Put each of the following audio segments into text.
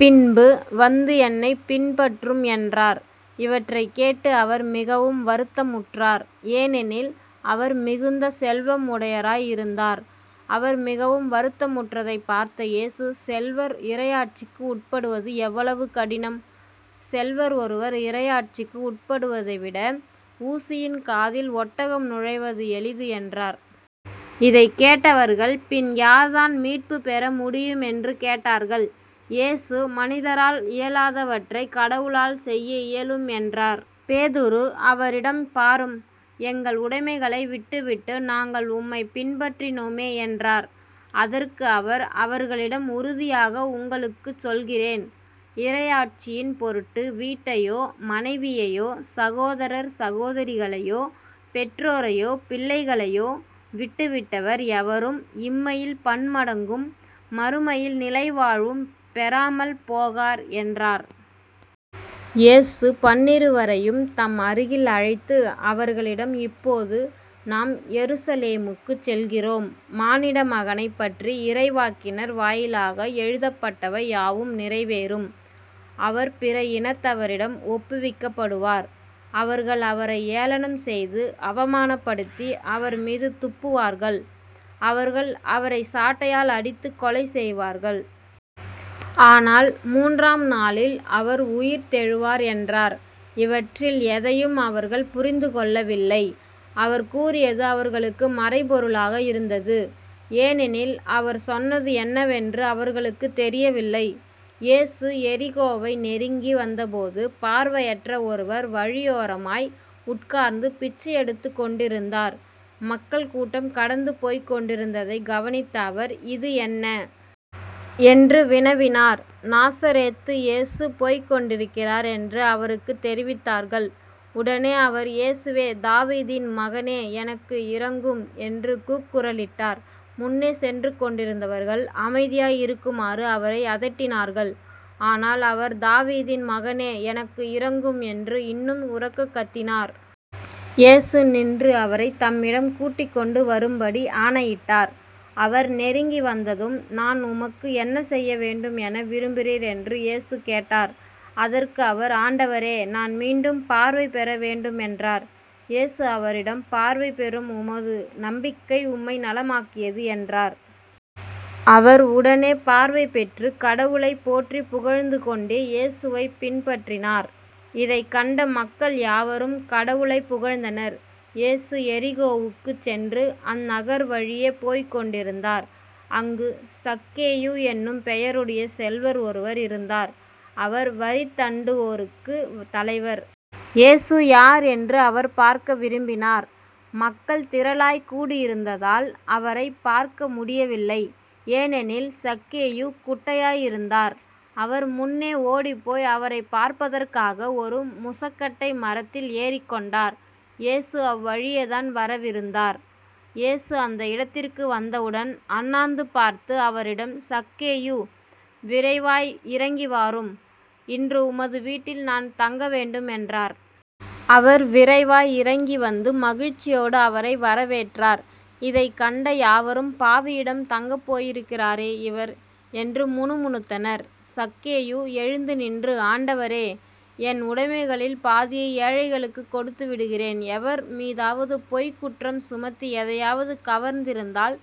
பின்பு வந்து என்னைப் பின்பற்றும் என்றார். இவற்றைக் கேட்டு அவர் மிகவும் வருத்தமுற்றார். ஏனெனில் அவர் மிகுந்த செல்வம் உடையராய் இருந்தார். அவர் மிகவும் வருத்தமுற்றதைப் பார்த்த இயேசு செல்வர் இறையாட்சிக்கு உட்படுவது எவ்வளவு கடினம். செல்வர் ஒருவர் இறையாட்சிக்கு உட்படுவதைவிட ஊசியின் காதில் ஒட்டகம் நுழைவது எளிது என்றார். இதைக் கேட்டவர்கள் பின் யார்தான் மீட்புப் பெற முடியும்? என்று கேட்டார்கள். இயேசு மனிதரால் இயலாதவற்றைக் கடவுளால் செய்ய இயலும் என்றார். பேதுரு அவரிடம் பாரும் எங்கள் உடைமைகளை விட்டுவிட்டு நாங்கள் உம்மைப் பின்பற்றினோமே என்றார். அதற்கு அவர் அவர்களிடம் உறுதியாக உங்களுக்குச் சொல்கிறேன் இறையாட்சியின் பொருட்டு வீட்டையோ மனைவியையோ சகோதரர் சகோதரிகளையோ பெற்றோரையோ பிள்ளைகளையோ விட்டுவிட்டவர் எவரும் இம்மையில் பன்மடங்கும் மறுமையில் நிலைவாழ்வும் பெறாமல் போகார் என்றார். இயேசு பன்னிருவரையும் தம் அருகில் அழைத்து அவர்களிடம் இப்போது நாம் எருசலேமுக்குச் செல்கிறோம் மானிடமகனைப் பற்றி இறைவாக்கினர் வாயிலாக எழுதப்பட்டவை யாவும் நிறைவேறும். அவர் பிற இனத்தவரிடம் ஒப்புவிக்கப்படுவார். அவர்கள் அவரை ஏளனம் செய்து அவமானப்படுத்தி அவர்மீது துப்புவார்கள். அவர்கள் அவரைச் சாட்டையால் அடித்துக்கொலை செய்வார்கள். ஆனால் மூன்றாம் நாளில் அவர் உயிர்த்தெழுவார் என்றார். இவற்றில் எதையும் அவர்கள் புரிந்து கொள்ளவில்லை. அவர் கூறியது அவர்களுக்கு மறைபொருளாக இருந்தது. ஏனெனில் அவர் சொன்னது என்னவென்று அவர்களுக்குத் தெரியவில்லை. இயேசு எரிகோவை நெருங்கி வந்தபோது பார்வையற்ற ஒருவர் வழியோரமாய் உட்கார்ந்து பிச்சையெடுத்துக் கொண்டிருந்தார். மக்கள் கூட்டம் கடந்து போய்க்கொண்டிருந்ததைக் கவனித்த அவர் இது என்ன? என்று வினவினார். நாசரேத்து இயேசு போய்க் கொண்டிருக்கிறார் என்று அவருக்குத் தெரிவித்தார்கள். உடனே அவர் இயேசுவே தாவீதின் மகனே எனக்கு இரங்கும் என்று கூக்குரலிட்டார். முன்னே சென்று கொண்டிருந்தவர்கள் அமைதியாய் இருக்குமாறு அவரை அதட்டினார்கள். ஆனால் அவர் தாவீதின் மகனே எனக்கு இரங்கும் என்று இன்னும் உரக்கக் கத்தினார். இயேசு நின்று அவரைத் தம்மிடம் கூட்டிக் கொண்டு வரும்படி ஆணையிட்டார். அவர் நெருங்கி வந்ததும் நான் உமக்கு என்ன செய்ய வேண்டும் என விரும்புகிறீர் என்று இயேசு கேட்டார். அதற்கு அவர் ஆண்டவரே நான் மீண்டும் பார்வை பெற வேண்டும் என்றார். இயேசு அவரிடம் பார்வை பெறும் உமது நம்பிக்கை உம்மை நலமாக்கியது என்றார். அவர் உடனே பார்வை பெற்று கடவுளைப் போற்றிப் புகழ்ந்து கொண்டே இயேசுவைப் பின்பற்றினார். இதைக் கண்ட மக்கள் யாவரும் கடவுளைப் புகழ்ந்தனர். இயேசு எரிகோவுக்குச் சென்று அந்நகர் வழியே போய்க் கொண்டிருந்தார். அங்கு சக்கேயு என்னும் பெயருடைய செல்வர் ஒருவர் இருந்தார். அவர் வரிதண்டுவோருக்குத் தலைவர். இயேசு யார் என்று அவர் பார்க்க விரும்பினார் மக்கள் திரளாய்க் கூடியிருந்தால் அவரைப் பார்க்க முடியவில்லை. ஏனெனில் சக்கேயு குட்டையாய் இருந்தார். அவர் முன்னே ஓடிப்போய் அவரைப் பார்ப்பதற்காக ஒரு முசக்கட்டை மரத்தில் ஏறிக் கொண்டார். இயேசு அவ்வழியேதான் வரவிருந்தார். இயேசு அந்த இடத்திற்கு வந்தவுடன் அண்ணாந்து பார்த்து அவரிடம் சக்கேயு விரைவாய் இறங்கிவாரும் இன்று உமது வீட்டில் நான் தங்க வேண்டும் என்றார். அவர் விரைவாய் இறங்கி வந்து மகிழ்ச்சியோடு அவரை வரவேற்றார். இதைக் கண்ட யாவரும் பாவியிடம் தங்கப்போயிருக்கிறாரே இவர் என்று முணுமுணுத்தனர். சக்கேயு எழுந்து நின்று ஆண்டவரே என் உடைமைகளில் பாதியை ஏழைகளுக்குக் கொடுத்துவிடுகிறேன் எவர் மீதாவது பொய்க் குற்றம் சுமத்தி எதையாவது கவர்ந்திருந்தால்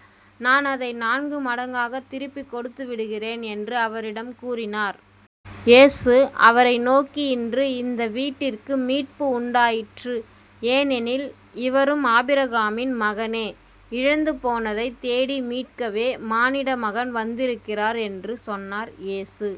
நான் அதை நான்கு மடங்காகத் திருப்பிக் கொடுத்து விடுகிறேன் என்று அவரிடம் கூறினார். இயேசு அவரை நோக்கி இன்று இந்த வீட்டிற்கு மீட்பு உண்டாயிற்று ஏனெனில் இவரும் ஆபிரகாமின் மகனே. இழந்து போனதைத் தேடி மீட்கவே மானிடமகன் வந்திருக்கிறார் என்று சொன்னார். இயேசு